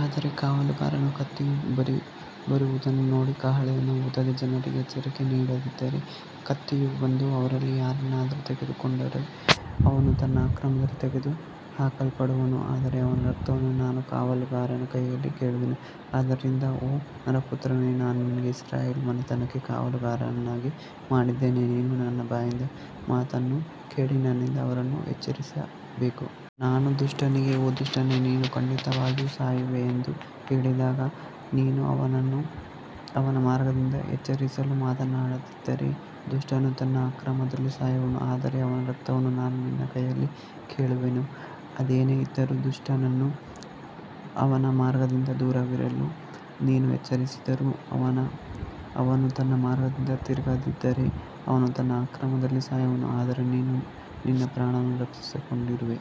ಆದರೆ ಕಾವಲುಗಾರನು ಕತ್ತಿಯು ಬರುವುದನ್ನು ನೋಡಿ ಕಹಳೆಯನ್ನು ಊದದೆ ಜನರಿಗೆ ಎಚ್ಚರಿಕೆ ನೀಡದಿದ್ದರೆ, ಕತ್ತಿಯು ಬಂದು ಅವರಲ್ಲಿ ಯಾರನ್ನಾದರೂ ತೆಗೆದುಕೊಂಡರೆ ಅವನು ತನ್ನ ಅಕ್ರಮದಲ್ಲಿ ತೆಗೆದುಹಾಕಲ್ಪಡುವನು, ಆದರೆ ಅವನ ರಕ್ತವನ್ನು ನಾನು ಕಾವಲುಗಾರನ ಕೈಯಲ್ಲಿ ಕೇಳುವೆನು. ಆದ್ದರಿಂದ ಓ ನರಪುತ್ರನೇ, ನಾನು ನಿನ್ನನ್ನು ಇಸ್ರಾಯೇಲ್ ಮನೆತನಕ್ಕೆ ಕಾವಲುಗಾರನನ್ನಾಗಿ ಮಾಡಿದ್ದೇನೆ, ನೀನು ನನ್ನ ಬಾಯಿಂದ ಮಾತನ್ನು ಕೇಳಿ ನನ್ನಿಂದ ಅವರನ್ನು ಎಚ್ಚರಿಸಬೇಕು. ನಾನು ದುಷ್ಟನಿಗೆ, ಓ ದುಷ್ಟನೇ, ನೀನು ಖಂಡಿತವಾಗಿಯೂ ಸಾಯುವೆ ಎಂದು ಹೇಳಿದಾಗ, ನೀನು ಅವನನ್ನು ಅವನ ಮಾರ್ಗದಿಂದ ಎಚ್ಚರಿಸಲು ಮಾತನಾಡದಿದ್ದರೆ ದುಷ್ಟನು ತನ್ನ ಅಕ್ರಮದಲ್ಲಿ ಸಾಯುವನು, ಆದರೆ ಅವನ ರಕ್ತವನ್ನು ನಾನು ನಿನ್ನ ಕೈಯಲ್ಲಿ ಕೇಳುವೆನು. ಅದೇನೇ ಇದ್ದರೂ, ದುಷ್ಟನನ್ನು ಅವನ ಮಾರ್ಗದಿಂದ ದೂರವಿರಲು ನೀನು ಎಚ್ಚರಿಸಿದರೂ ಅವನು ತನ್ನ ಮಾರ್ಗದಿಂದ ತಿರುಗದಿದ್ದರೆ, ಅವನು ತನ್ನ ಅಕ್ರಮದಲ್ಲಿ ಸಾಯುವನು, ಆದರೆ ನೀನು ನಿನ್ನ ಪ್ರಾಣವನ್ನು ರಕ್ಷಿಸಿಕೊಂಡಿರುವೆ.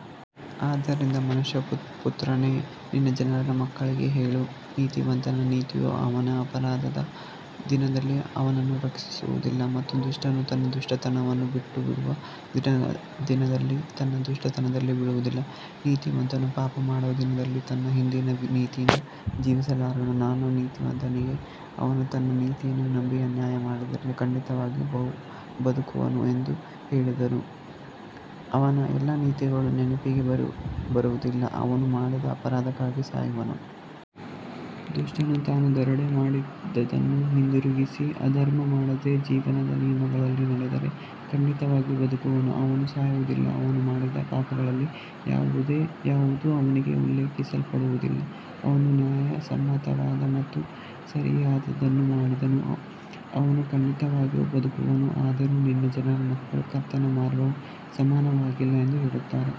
ಆದ್ದರಿಂದ ಮನುಷ್ಯಪುತ್ರನೇ, ನಿನ್ನ ಜನರ ಮಕ್ಕಳಿಗೆ ಹೇಳು, ನೀತಿವಂತನ ನೀತಿಯು ಅವನ ಅಪರಾಧದ ದಿನದಲ್ಲಿ ಅವನನ್ನು ರಕ್ಷಿಸುವುದಿಲ್ಲ ಮತ್ತು ದುಷ್ಟನು ತನ್ನ ದುಷ್ಟತನವನ್ನು ಬಿಟ್ಟುಬಿಡುವ ದಿನದಲ್ಲಿ ತನ್ನ ದುಷ್ಟತನದಿಂದ ಬೀಳುವುದಿಲ್ಲ. ನೀತಿವಂತನು ಪಾಪಮಾಡುವ ದಿನದಲ್ಲಿ ತನ್ನ ಹಿಂದಿನ ನೀತಿಯಿಂದ ಜೀವಿಸಲಾರನು. ನಾನು ನೀತಿವಂತನಿಗೆ, ಅವನು ತನ್ನ ನೀತಿಯನ್ನು ನಂಬಿ ಅನ್ಯಾಯ ಮಾಡಿದರೆ ಖಂಡಿತವಾಗಿಯೂ ಬದುಕುವನು ಎಂದು ಹೇಳಿದರೂ, ಅವನ ಎಲ್ಲಾ ನೀತಿಗಳು ನೆನಪಿಗೆ ಬರುವುದಿಲ್ಲ, ಅವನು ಮಾಡಿದ ಅಪರಾಧಕ್ಕಾಗಿ ಸಾಯುವನು. ದುಷ್ಟನು ತಾನು ದರೋಡೆ ಮಾಡಿದದ್ದನ್ನು ಹಿಂದಿರುಗಿಸಿ, ಅಧರ್ಮ ಮಾಡದೆ ಜೀವನದ ನಿಯಮಗಳಲ್ಲಿ ನಡೆದರೆ ಖಂಡಿತವಾಗಿಯೂ ಬದುಕುವನು, ಅವನು ಸಾಯುವುದಿಲ್ಲ. ಅವನು ಮಾಡಿದ ಪಾಪಗಳಲ್ಲಿ ಯಾವುದೂ ಅವನಿಗೆ ಉಲ್ಲೇಖಿಸಲ್ಪಡುವುದಿಲ್ಲ, ಅವನು ನ್ಯಾಯಸಮ್ಮತವಾದ ಮತ್ತು ಸರಿಯಾದದ್ದನ್ನು ಮಾಡಿದನು, ಅವನು ಖಂಡಿತವಾಗಿಯೂ ಬದುಕುವನು. ಆದರೂ ನಿನ್ನ ಜನರ ಮಕ್ಕಳು, ಕರ್ತನ ಮಾರ್ಗವು ಸಮಾನವಾಗಿಲ್ಲ ಎಂದು ಹೇಳುತ್ತಾರೆ.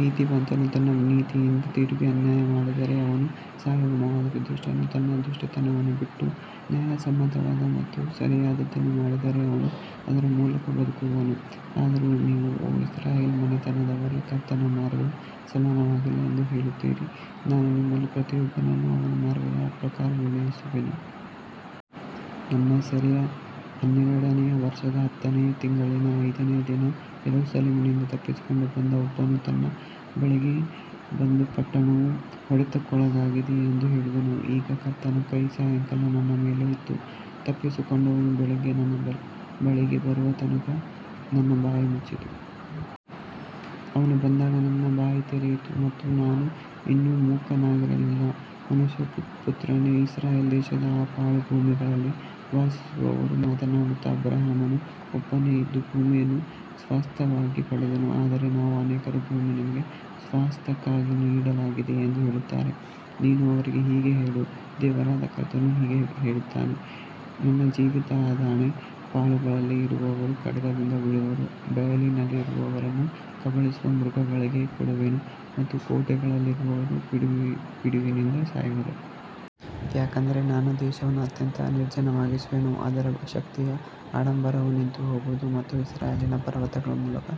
ನೀತಿವಂತನು ತನ್ನ ನೀತಿಯಿಂದ ತಿರುಗಿ ಅನ್ಯಾಯ ಮಾಡಿದರೆ ಅವನು ಸಾಯುವನು, ಆದರೆ ದುಷ್ಟನು ತನ್ನ ದುಷ್ಟತನವನ್ನು ಬಿಟ್ಟು ನ್ಯಾಯಸಮ್ಮತವಾದ ಮತ್ತು ಸರಿಯಾದದ್ದನ್ನು ಮಾಡಿದರೆ ಅವನು ಅದರ ಮೂಲಕ ಬದುಕುವನು. ಆದರೂ ನೀವು, ಓ ಇಸ್ರಾಯೇಲ್ ಮನೆತನದವರೇ, ಕರ್ತನ ಮಾರ್ಗವು ಸಮಾನವಾಗಿಲ್ಲ ಎಂದು ಹೇಳುತ್ತೀರಿ. ನಾನು ನಿಮ್ಮಲ್ಲಿ ಪ್ರತಿಯೊಬ್ಬನನ್ನೂ ಅವನ ಮಾರ್ಗಗಳ ಪ್ರಕಾರ ನಿರ್ಣಯಿಸುವೆನು. ನಮ್ಮ ಸೆರೆಯ ಹನ್ನೆರಡನೆಯ ವರ್ಷದ ಹತ್ತನೆಯ ತಿಂಗಳಿನ ಐದನೆಯ ದಿನ ಯೆರೂಸಲೇಮಿನಿಂದ ತಪ್ಪಿಸಿಕೊಂಡು ಬಂದ ಒಬ್ಬನು ನನ್ನ ಬಳಿಗೆ ಬಂದು, ಪಟ್ಟಣವು ಹೊಡೆತಕ್ಕೊಳಗಾಗಿದೆ ಎಂದು ಹೇಳಿದನು. ಈಗ ಕರ್ತನ ಕೈ ಸಾಯಂಕಾಲ ನನ್ನ ಮೇಲೆ ಇತ್ತು, ತಪ್ಪಿಸಿಕೊಂಡವನು ಬೆಳಿಗ್ಗೆ ನನ್ನ ಬಳಿಗೆ ಬರುವ ತನಕ ನನ್ನ ಬಾಯಿ ಮುಚ್ಚಿತ್ತು. ಅವನು ಬಂದಾಗ ನನ್ನ ಬಾಯಿ ತೆರೆಯಿತು ಮತ್ತು ನಾನು ಇನ್ನು ಮೂಕನಾಗಿರಲಿಲ್ಲ. ಮನುಷ್ಯಪುತ್ರನೇ, ಇಸ್ರಾಯೇಲ್ ದೇಶದ ಆ ಪಾಳುಭೂಮಿಗಳಲ್ಲಿ ವಾಸಿಸುವವರು ಮಾತನಾಡುತ್ತಾ, ಅಬ್ರಹಾಮನು ಒಬ್ಬನೇ ಇದ್ದು ಭೂಮಿಯನ್ನು ಸ್ವಾಸ್ತ್ಯವಾಗಿ ಪಡೆದನು, ಆದರೆ ನಾವು ಅನೇಕರು, ಭೂಮಿ ನಮಗೆ ಸ್ವಾಸ್ತ್ಯಕ್ಕಾಗಿ ನೀಡಲಾಗಿದೆ ಎಂದು ಹೇಳುತ್ತಾರೆ. ನೀನು ಅವರಿಗೆ ಹೀಗೆ ಹೇಳು, ದೇವರಾದ ಕರ್ತನು ಹೀಗೆ ಹೇಳುತ್ತಾನೆ, ನನ್ನ ಜೀವಿತದಾಣೆ, ಪಾಳುಗಳಲ್ಲಿ ಇರುವವರು ಖಡ್ಗದಿಂದ ಬೀಳುವರು, ಬಯಲಿನಲ್ಲಿರುವವರನ್ನು ಕಬಳಿಸುವ ಮೃಗಗಳಿಗೆ ಕೊಡುವೆನು ಮತ್ತು ಕೋಟೆಗಳಲ್ಲಿರುವವರು ಪಿಡುಗಿನಿಂದ ಸಾಯುವರು. ಯಾಕಂದರೆ ನಾನು ದೇಶವನ್ನು ಅತ್ಯಂತ ನಿರ್ಜನವಾಗಿಸುವೆನು, ಅದರ ಶಕ್ತಿಯ ಆಡಂಬರವು ನಿಂತುಹೋಗುವುದು ಮತ್ತು ಇಸ್ರಾಯೇಲಿನ ಪರ್ವತಗಳ ಮೂಲಕ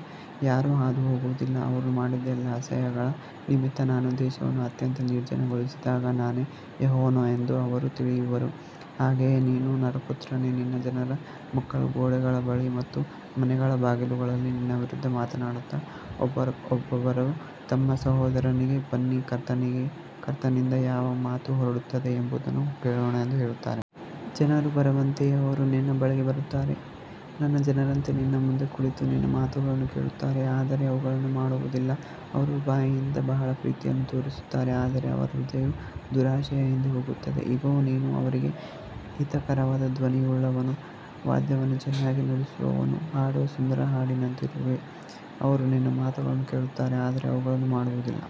ಯಾರೂ ಹಾದುಹೋಗುವುದಿಲ್ಲ. ಅವರು ಮಾಡಿದ ಎಲ್ಲಾ ಅಸಹ್ಯಗಳ ನಿಮಿತ್ತ ನಾನು ದೇಶವನ್ನು ಅತ್ಯಂತ ನಿರ್ಜನಗೊಳಿಸಿದಾಗ ನಾನೇ ಯೆಹೋವನು ಎಂದು ಅವರು ತಿಳಿಯುವರು. ಹಾಗೆಯೇ ನೀನು ನರಪುತ್ರನೇ, ನಿನ್ನ ಜನರ ಮಕ್ಕಳು ಗೋಡೆಗಳ ಬಳಿ ಮತ್ತು ಮನೆಗಳ ಬಾಗಿಲುಗಳಲ್ಲಿ ನಿನ್ನ ವಿರುದ್ಧ ಮಾತನಾಡುತ್ತಾ, ಒಬ್ಬೊಬ್ಬರು ತಮ್ಮ ಸಹೋದರನಿಗೆ, ಬನ್ನಿ, ಕರ್ತನಿಂದ ಯಾವ ಮಾತು ಹೊರಡುತ್ತದೆ ಎಂಬುದನ್ನು ಕೇಳೋಣ ಎಂದು ಹೇಳುತ್ತಾರೆ. ಜನರು ಬರುವಂತೆಯೇ ಅವರು ನಿನ್ನ ಬಳಿಗೆ ಬರುತ್ತಾರೆ, ನನ್ನ ಜನರಂತೆ ನಿನ್ನ ಮುಂದೆ ಕುಳಿತು ನಿನ್ನ ಮಾತುಗಳನ್ನು ಕೇಳುತ್ತಾರೆ, ಆದರೆ ಅವುಗಳನ್ನು ಮಾಡುವುದಿಲ್ಲ. ಅವರು ಬಾಯಿಂದ ಬಹಳ ಪ್ರೀತಿಯನ್ನು ತೋರಿಸುತ್ತಾರೆ, ಆದರೆ ಅವರ ಹೃದಯವು ದುರಾಶೆಯ ಹಿಂದೆ ಹೋಗುತ್ತದೆ. ಇಗೋ, ನೀನು ಅವರಿಗೆ ಹಿತಕರವಾದ ಧ್ವನಿಯುಳ್ಳವನೂ ವಾದ್ಯವನ್ನು ಚೆನ್ನಾಗಿ ನುಡಿಸುವವನೂ ಹಾಡುವ ಸುಂದರ ಹಾಡಿನಂತಿರುವೆ. ಅವರು ನಿನ್ನ ಮಾತುಗಳನ್ನು ಕೇಳುತ್ತಾರೆ, ಆದರೆ ಅವುಗಳನ್ನು ಮಾಡುವುದಿಲ್ಲ.